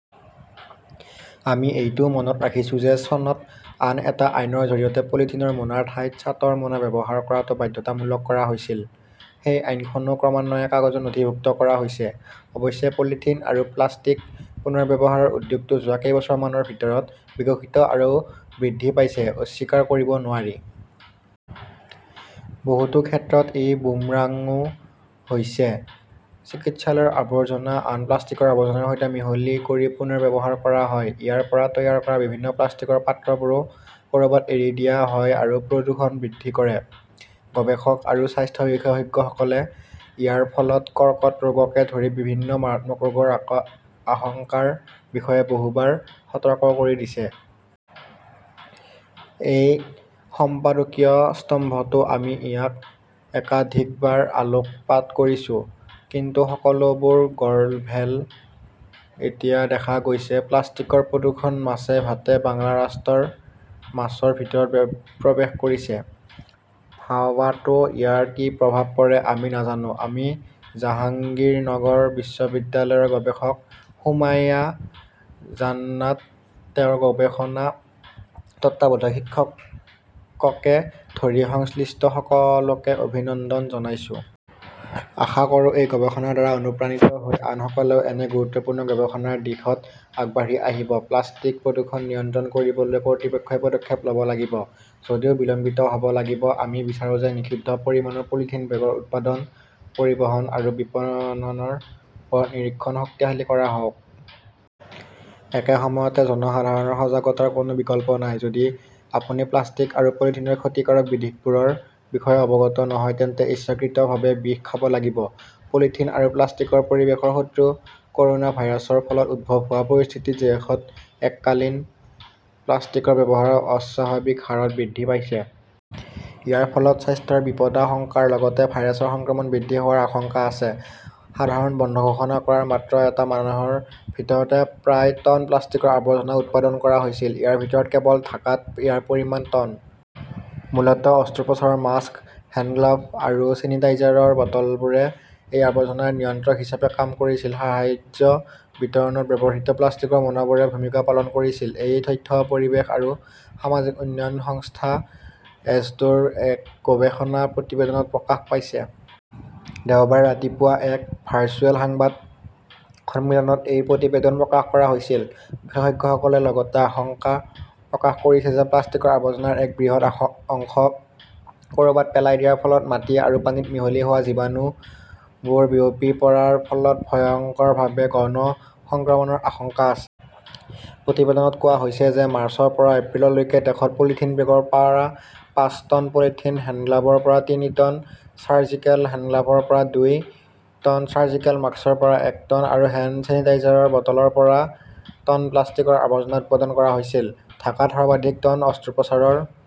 আমি এইটোও মনত ৰাখিছোঁ যে চনত আন এটা আইনৰ জৰিয়তে পলিথিনৰ মোনাৰ ঠাইত চাটৰ মোনা ব্যৱহাৰ কৰাটো বাধ্যতামূলক কৰা হৈছিল। সেই আইনখনও ক্ৰমান্বয়ে কাগজত নথিভুক্ত কৰা হৈছে। অৱশ্যে, পলিথিন আৰু প্লাষ্টিক পুনৰ্ব্যৱহাৰৰ উদ্যোগটো যোৱা কেইবছৰমানৰ ভিতৰত বিকশিত আৰু বৃদ্ধি পাইছে-অস্বীকাৰ কৰিব নোৱাৰি। বহুতো ক্ষেত্ৰত ই বুমৰাংও হৈছে। চিকিৎসালয়ৰ আৱৰ্জনা আন প্লাষ্টিকৰ আৱৰ্জনাৰ সৈতে মিহলি কৰি পুনৰ্ব্যৱহাৰ কৰা হয়; ইয়াৰ পৰা তৈয়াৰ কৰা বিভিন্ন প্লাষ্টিকৰ পাত্ৰবোৰো ক’ৰবাত এৰি দিয়া হয় আৰু প্ৰদূষণ বৃদ্ধি কৰে। গৱেষক আৰু স্বাস্থ্য বিশেষজ্ঞসকলে ইয়াৰ ফলত কৰ্কট ৰোগকে ধৰি বিভিন্ন মাৰাত্মক ৰোগৰ আশংকাৰ বিষয়ে বহুবাৰ সতৰ্ক কৰি দিছে। এই সম্পাদকীয় স্তম্ভতো আমি ইয়াক একাধিকবাৰ আলোকপাত কৰিছো। কিন্তু সকলোবোৰ গৰ্ল ভেল! এতিয়া দেখা গৈছে-প্লাষ্টিকৰ প্ৰদূষণ 'মাছে ভাতে বাংলা ৰাষ্ট্ৰৰ মাছৰ ভিতৰত প্ৰৱেশ কৰিছে। ভাৱাতো ইয়াৰ কি প্ৰভাৱ পৰে আমি নাজানো। আমি জাহাঙ্গীৰনগৰ বিশ্ববিদ্যালয়ৰ গৱেষক সুমাইয়া জাননাত, তেওঁৰ গৱেষণা তত্ত্বাৱধায়ক শিক্ষককে ধৰি সংশ্লিষ্ট সকলোকে অভিনন্দন জনাইছো। আশা কৰোঁ এই গৱেষণাৰ দ্বাৰা অনুপ্ৰাণিত হৈ আনসকলেও এনে গুৰুত্বপূৰ্ণ গৱেষণাৰ দিশত আগবাঢ়ি আহিব। প্লাষ্টিক প্ৰদূষণ নিয়ন্ত্ৰণ কৰিবলৈ কৰ্তৃপক্ষই পদক্ষেপ ল’ব লাগিব, যদিও বিলম্বিত হ’ব লাগিব। আমি বিচাৰো যে নিষিদ্ধ পৰিমাণৰ পলিথিন বেগৰ উৎপাদন, পৰিবহণ আৰু বিপণনৰ ওপৰত নিৰীক্ষণ শক্তিশালী কৰা হওক। একে সময়তে, জনসাধাৰণৰ সজাগতাৰ কোনো বিকল্প নাই। যদি আপুনি প্লাষ্টিক আৰু পলিথিনৰ ক্ষতিকাৰক দিশবোৰৰ বিষয়ে অৱগত নহয় তেন্তে ইচ্ছাকৃতভাৱে বিষ খাব লাগিব। পলিথিন আৰু প্লাষ্টিকৰ পৰিৱেশৰ শত্ৰু ক’ৰ’না ভাইৰাছৰ ফলত উদ্ভৱ হোৱা পৰিস্থিতিত দেশত এককালীন প্লাষ্টিকৰ ব্যৱহাৰ অস্বাভাৱিক হাৰত বৃদ্ধি পাইছে। ইয়াৰ ফলত স্বাস্থ্যৰ বিপদাশংকাৰ লগতে ভাইৰাছৰ সংক্ৰমণ বৃদ্ধি হোৱাৰ আশংকা আছে। সাধাৰণ বন্ধ ঘোষণা কৰাৰ মাত্ৰ এটা মাহৰ ভিতৰতে প্ৰায় টন প্লাষ্টিকৰ আৱৰ্জনা উৎপাদন কৰা হৈছিল। ইয়াৰ ভিতৰত কেৱল ঢাকাত ইয়াৰ পৰিমাণ টন। মূলতঃ অস্ত্ৰোপচাৰৰ মাস্ক, হেণ্ডগ্লাভ আৰু ছেনিটাইজাৰৰ বটলবোৰে এই আৱৰ্জনাৰ নিয়ন্ত্ৰক হিচাপে কাম কৰিছিল। সাহায্য বিতৰণত ব্যৱহৃত প্লাষ্টিকৰ মোনাবোৰেও ভূমিকা পালন কৰিছিল। এই তথ্য পৰিৱেশ আৰু সামাজিক উন্নয়ন সংস্থা-এছডোৰ এক গৱেষণা প্ৰতিবেদনত প্ৰকাশ পাইছে। দেওবাৰে ৰাতিপুৱা এক ভাৰ্চুৱেল সাংবাদ সন্মিলনত এই প্ৰতিবেদন প্ৰকাশ কৰা হৈছিল। বিশেষজ্ঞসকলে লগতে আশংকা প্ৰকাশ কৰিছে যে প্লাষ্টিকৰ আৱৰ্জনাৰ এক বৃহৎ অংশ ক’ৰবাত পেলাই দিয়াৰ ফলত মাটি আৰু পানীত মিহলি হোৱা জীৱাণুবোৰ বিয়পি পৰাৰ ফলত ভয়ংকৰভাৱে গণ সংক্ৰমণৰ আশংকা আছে। প্ৰতিবেদনত কোৱা হৈছে যে মাৰ্চৰ পৰা এপ্ৰিললৈকে দেশত পলিথিন বেগৰ পৰা পাঁচ, টন, পলিথিন হেণ্ডগ্লাভৰ পৰা তিনি, টন, চাৰ্জিকেল হেণ্ডগ্লাভৰ পৰা দুই, টন, চাৰ্জিকেল মাস্কৰ পৰা এক, টন আৰু হেণ্ড ছেনিটাইজাৰৰ বটলৰ পৰা টন প্লাষ্টিকৰ আৱৰ্জনা উৎপাদন কৰা হৈছিল। ঢাকাত সৰ্বাধিক টন অস্ত্ৰোপচাৰৰ